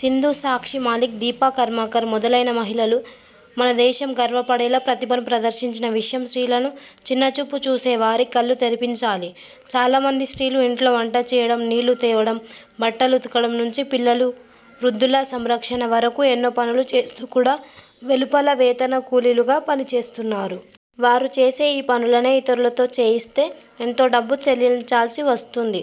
సింధు, సాక్షి మాలిక్, దీపా కర్మాకర్ మొదలైన మహిళలు మన దేశం గర్వపడేలా ప్రతిభను ప్రదర్శించిన విషయం స్త్రీలను చిన్న చూపు చూసే వారి కళ్లు తెరిపించాలి. చాలా మంది స్త్రీలు ఇంట్లో వంట చేయడం, నీళ్లు తేవడం, బట్టలుతకడం నుంచి పిల్లలు, వృద్ధుల సంరక్షణ వరకు ఎన్నో పనులు చేస్తూ కూడా వెలుపల వేతన కూలీలుగా పనిచేస్తున్నారు. వారు చేసే ఈ పనులనే ఇతరులతో చేయిస్తే ఎంతో డబ్బు చెల్లించాల్సి వస్తుంది.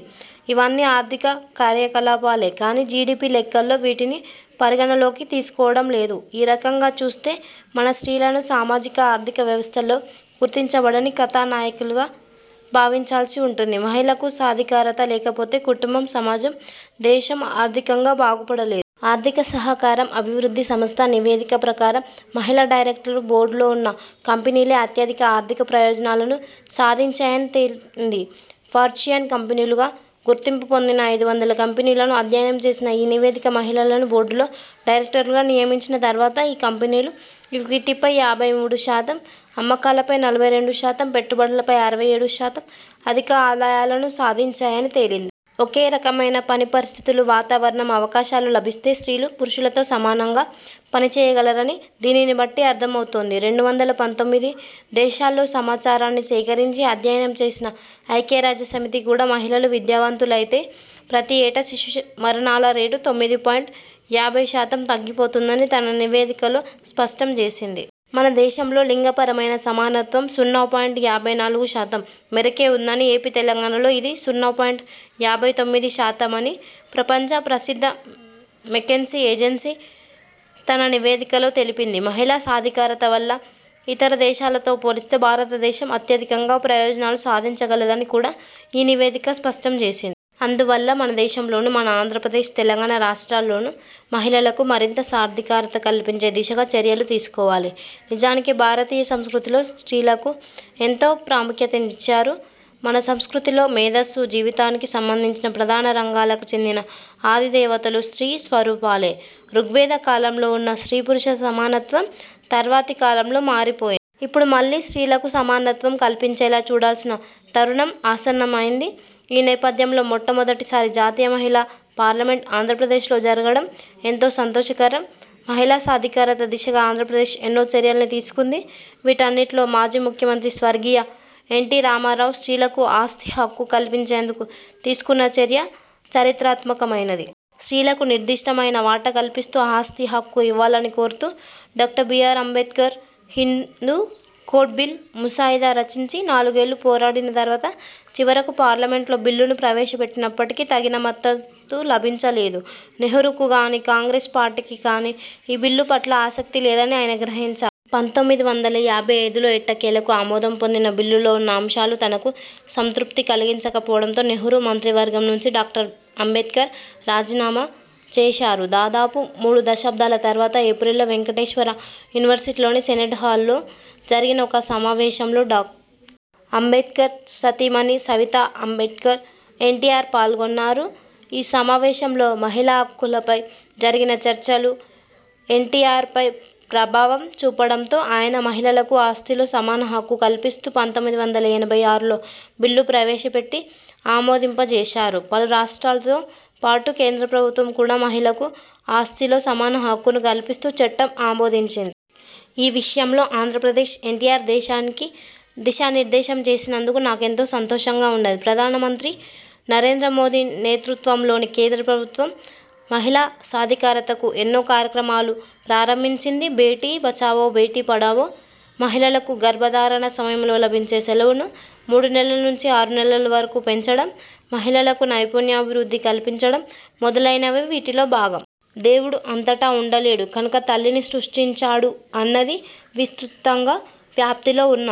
ఇవన్నీ ఆర్థిక కార్యకలాపాలే కానీ జీడీపీ లెక్కల్లో వీటిని పరిగణనలోకి తీసుకోవడం లేదు. ఈ రకంగా చూస్తే మన స్త్రీలను సామాజిక ఆర్థిక వ్యవస్థల్లో గుర్తించబడని కథానాయికలుగా భావించాల్సి ఉంటుంది. మహిళకు సాధికారత లేకపోతే కుటుంబం, సమాజం, దేశం ఆర్థికంగా బాగుపడలేదు. 'ఆర్థిక సహకారం, అభివృద్ధి సంస్థ' నివేదిక ప్రకారం మహిళా డైరెక్టర్లు బోర్డుల్లో ఉన్న కంపెనీలే అత్యధిక ఆర్థిక ప్రయోజనాలను సాధించాయని తేలింది. ఫార్చ్యూన్ కంపెనీలుగా గుర్తింపు పొందిన ఐదు వందల కంపెనీలను అధ్యయనం చేసిన ఈ నివేదిక మహిళలను బోర్డుల్లో డైరెక్టర్లుగా నియమించిన తర్వాత ఈ కంపెనీలు ఈక్విటీపై యాభై మూడు శాతం, అమ్మకాలపై నలభై రెండు శాతం, పెట్టుబడులపై అరవై ఏడు శాతం అధిక ఆదాయాలను సాధించాయని తేలింది. ఒకేరకమైన పనిపరిస్థితులు, వాతావరణం, అవకాశాలు లభిస్తే స్త్రీలు పురుషులతో సమానంగా పనిచేయగలరని దీనిని బట్టి అర్థమవుతుంది. రెండు వందల పంతొమ్మిది దేశాల్లో సమాచారాన్ని సేకరించి అధ్యయనం చేసిన ఐక్యరాజ్యసమితి కూడా మహిళలు విద్యావంతులైతే ప్రతి ఏటా శిశు మరణాల రేటు తొమ్మిది పాయింట్ యాభై శాతం తగ్గిపోతుందని తన నివేదికలో స్పష్టం చేసింది. మన దేశంలో లింగపరమైన సమానత్వం సున్నా పాయింట్ యాభై నాలుగు శాతం మేరకే ఉందని, ఏపీ, తెలంగాణలో ఇది సున్నా పాయింట్ యాభై తొమ్మిది శాతమని ప్రపంచ ప్రసిద్ధ మెకెన్సీ ఏజెన్సీ తన నివేదికలో తెలిపింది మహిళా సాధికారత వల్ల ఇతర దేశాలతో పోలిస్తే భారత దేశం అత్యధికంగా ప్రయోజనాలు సాధించగలదని కూడా ఈ నివేదిక స్పష్టం చేసింది. అందువల్ల మన దేశంలోనూ, మన ఆంధ్రప్రదేశ్, తెలంగాణ రాష్ట్రాల్లోనూ మహిళలకు మరింత సాధికారత కల్పించే దిశగా చర్యలు తీసుకోవాలి. నిజానికి భారతీయ సంస్కృతిలో స్త్రీలకు ఎంతో ప్రాముఖ్యతనిచ్చారు. మన సంస్కృతిలో మేధస్సు, జీవితానికి సంబంధించిన ప్రధాన రంగాలకు చెందిన అధి దేవతలు స్త్రీ స్వరూపలే. రుగ్వేద కాలంలో ఉన్న స్త్రీ పురుష సమానత్వం తర్వాతి కాలంలో మారిపో. ఇప్పుడు మళ్లీ స్త్రీలకు సమానత్వం కల్పించేలా చూడాల్సిన తరుణం ఆసన్నమైంది. ఈ నేపథ్యంలో మొట్టమొదటిసారి జాతీయ మహిళా పార్లమెంట్ ఆంధ్రప్రదేశ్లో జరగడం ఎంతో సంతోషకరం. మహిళా సాధికారత దిశగా ఆంధ్రప్రదేశ్ ఎన్నో చర్యల్ని తీసుకుంది. వీటన్నిటిలో మాజీ ముఖ్యమంత్రి స్వర్గీయ ఎన్ టి రామారావు స్త్రీలకు ఆస్తి హక్కు కల్పించేందుకు తీసుకున్న చర్య చరిత్రాత్మకమైనది. స్త్రీలకు నిర్దిష్టమైన వాటా కల్పిస్తూ ఆస్తి హక్కు ఇవ్వాలని కోరుతూ డా. B. R. Ambedkar Hindu code bill ముసాయిదా రచించి నాలుగేళ్లు పోరాడిన తర్వాత చివరకు పార్లమెంట్లో బిల్లును ప్రవేశపెట్టినప్పటికీ తగిన మద్దతు లభించలేదు. నెహ్రూకు గానీ, కాంగ్రెస్ పార్టీకి కానీ ఈ బిల్లు పట్ల ఆసక్తి లేదని ఆయన గ్రహించారు. పంతొమ్మిది వందల యాభై ఐదులో ఎట్టకేలకు ఆమోదం పొందిన బిల్లులో ఉన్న అంశాలు తనకు సంతృప్తి కలిగించకపోవడంతో నెహ్రూ మంత్రివర్గం నుంచి డాక్టర్ అంబేడ్కర్ రాజీనామా చేశారు. దాదాపు మూడు దశాబ్దాల తర్వాత ఏప్రిల్లో వేంకటేశ్వరా యూనివర్సిటీలోని సెనేట్ హాలులో జరిగిన ఒక సమావేశంలో డా. అంబేడ్కర్ సతీమణి సవితా అంబేడ్కర్, ఎన్టీఆర్ పాల్గొన్నారు. ఈ సమావేశంలో మహిళా హక్కులపై జరిగిన చర్చలు ఎన్టీఆర్పై ప్రభావం చూపడంతో ఆయన మహిళలకు ఆస్తిలో సమాన హక్కు కల్పిస్తూ పంతొమ్మిది వందల ఎనభై ఆరులో బిల్లు ప్రవేశపెట్టి ఆమోదింపచేశారు. పలు రాష్ట్రాలతో పాటు కేంద్ర ప్రభుత్వం కూడా మహిళకు ఆస్తిలో సమాన హక్కును కల్పిస్తూ చట్టం ఆమోదించింది. ఈ విషయంలో ఆంధ్రప్రదేశ్, ఎన్టీఆర్ దేశానికి దిశానిర్దేశం చేసినందుకు నాకెంతో సంతోషంగా ఉన్నది. ప్రధానమంత్రి నరేంద్రమోదీ నేతృత్వంలోని కేంద్ర ప్రభుత్వం మహిళా సాధికారతకు ఎన్నో కార్యక్రమాలు ప్రారంభించింది. 'బేటీ బచావో– బేటీ పడావో', మహిళలకు గర్భధారణ సమయంలో లభించే సెలవును మూడు నెలల నుంచి ఆరు నెలల వరకు పెంచడం, మహిళలకు నైపుణ్య అభివృద్ధి కల్పించడం మొదలైనవి వీటిలో భాగం. 'దేవుడు అంతటా ఉండలేడు కనుక తల్లిని సృష్టించాడు' అన్నది విస్తృతంగా వ్యాప్తిలో ఉన్న